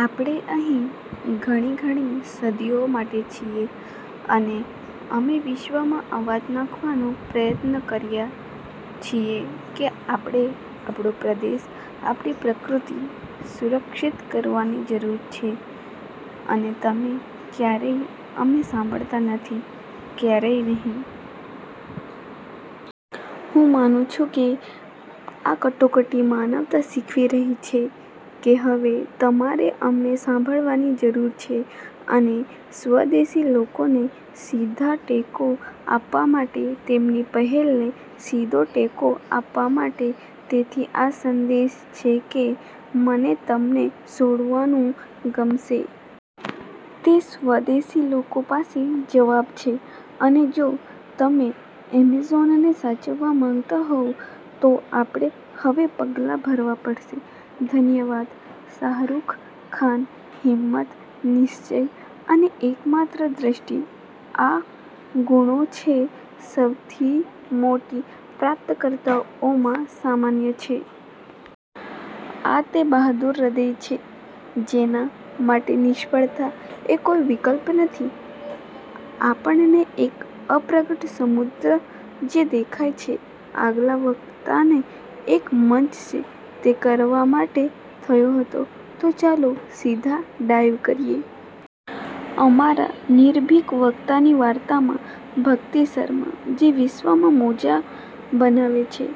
આપણે અહીં ઘણી ઘણી સદીઓ માટે છીએ અને અમે વિશ્વમાં અવાજ નાખવાનો પ્રયાસ રહ્યા છીએ, કે આપણે આપણો પ્રદેશ, આપણી પ્રકૃતિ સુરક્ષિત કરવાની જરૂર છે અને તમે ક્યારેય અમને સાંભળતા નથી. ક્યારેય નહીં. હું માનું છું કે આ કટોકટી માનવતા શીખવી રહી છે કે હવે તમારે અમને સાંભળવાની જરૂર છે અને સ્વદેશી લોકોને સીધાટેકો આપવા માટે, તેમની પહેલને સીધો ટેકો આપવા માટે. તેથી આ સંદેશ છે કે મને તમને છોડવાનું ગમશે. તે સ્વદેશી લોકો પાસે જવાબ છે, અને જો તમે એમેઝોનને સાચવવા માંગતા હોવ, તો આપણે હવે પગલાં ભરવા પડશે. ધન્યવાદ. શાહરૂખ ખાન: હિંમત, નિશ્ચય, અને એકમાત્ર દ્રષ્ટિ. આ ગુણો છે સૌથી મોટી પ્રાપ્તકર્તાઓમાં સામાન્ય છે. આ તે બહાદુર હૃદય છે જેના માટે નિષ્ફળતા એ કોઈ વિકલ્પ નથી. આપણને એક અપ્રગટ સમુદ્ર જે દેખાય છે, આગલા વક્તાને એક મંચ છે, તે કરવા માટે થયો હતો. તો ચાલો સીધા ડાઇવ કરીએ. અમારા નિર્ભીક વક્તાની વાર્તામાં, ભક્તિ શર્મા. જે વિશ્વમાં મોજા બનાવે છે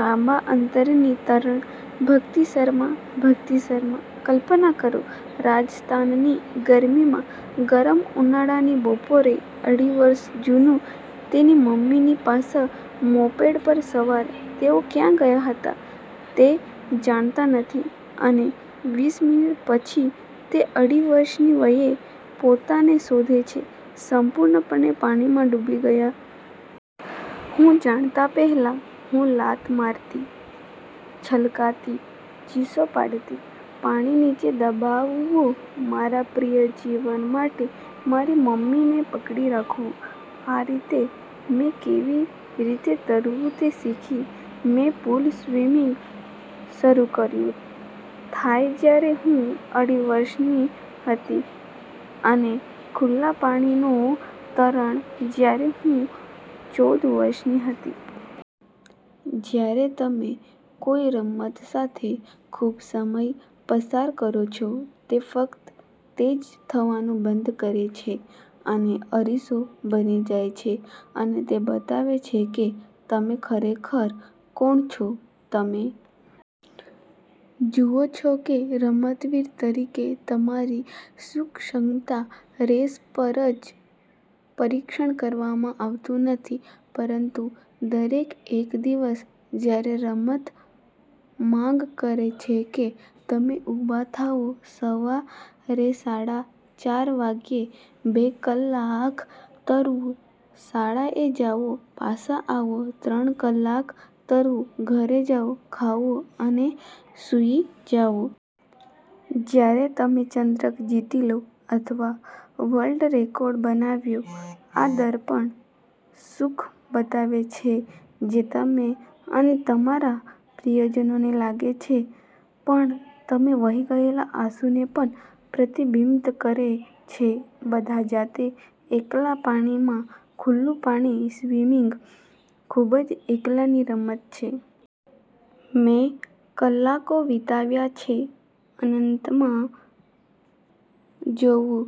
લાંબા અંતરની તરણ. ભક્તિ શર્મા. ભક્તિ શર્મા: કલ્પના કરો, રાજસ્થાનની ગરમીમાં ગરમ ઉનાળાની બપોરે, અઢી વર્ષ જૂનું તેની મમ્મીની પાછળ મોપેડ પર સવાર, તેઓ ક્યાં ગયા હતા તે જાણતા નથી અને વીસ મિનિટ પછી, તે અઢી વર્ષની વયે પોતાને શોધે છે સંપૂર્ણપણે પાણીમાં ડૂબી ગયા. હું જાણતા પહેલા, હું લાત મારતી, છલકાતી, ચીસો પાડતી, પાણી નીચે દબાવવું, મારા પ્રિય જીવન માટે મારી મમ્મીને પકડી રાખવું. આ રીતે મેં કેવી રીતે તરવું તે શીખી. મેં પૂલ-સ્વિમિંગ શરૂ કર્યું, થાય જ્યારે હું અઢી વર્ષની હતી, અને ખુલ્લા પાણીનો તરણ જ્યારે હું ચૌદ વર્ષની હતી. જ્યારે તમે કોઈ રમત સાથે ખૂબ સમય પસાર કરો છો, તે ફક્ત તે જ થવાનું બંધ કરે છે અને અરીસો બની જાય છે અને તે બતાવે છે કે તમે ખરેખર કોણ છો. તમે જુઓ છો કે રમતવીર તરીકે તમારી સૂક્ષ્મતા રેસ પર જ પરીક્ષણ કરવામાં આવતું નથી, પરંતુ દરેક એક દિવસ, જ્યારે રમત માંગ કરે છે કે તમે ઉભા થાઓ સવા રેસાડા ચાર વાગ્યે, બે કલાક તરવું, શાળાએ જાઓ, પાછા આવો, ત્રણ કલાક તરવું, ઘરે જાઓ, ખાઓ અને સૂઈ જાઓ. જ્યારે તમે ચંદ્રક જીતી લો અથવા વર્લ્ડ રેકોર્ડ બનાવ્યો, આ દર્પણ સુખ બતાવે છે જે તમે અને તમારા પ્રિયજનોને લાગે છે, પણ તમે વહી ગયેલા આંસુને પણ પ્રતિબિંબિત કરે છે. બધા જાતે, એકલા પાણીમાં ખુલ્લું પાણી સ્વિમિંગ ખૂબ જ એકલાની રમત છે. મેં કલાકો વીતાવ્યા છે .અનંતમાં જોવું,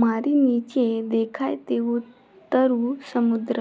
મારી નીચે દેખાય તેવું તરતું સમુદ્ર,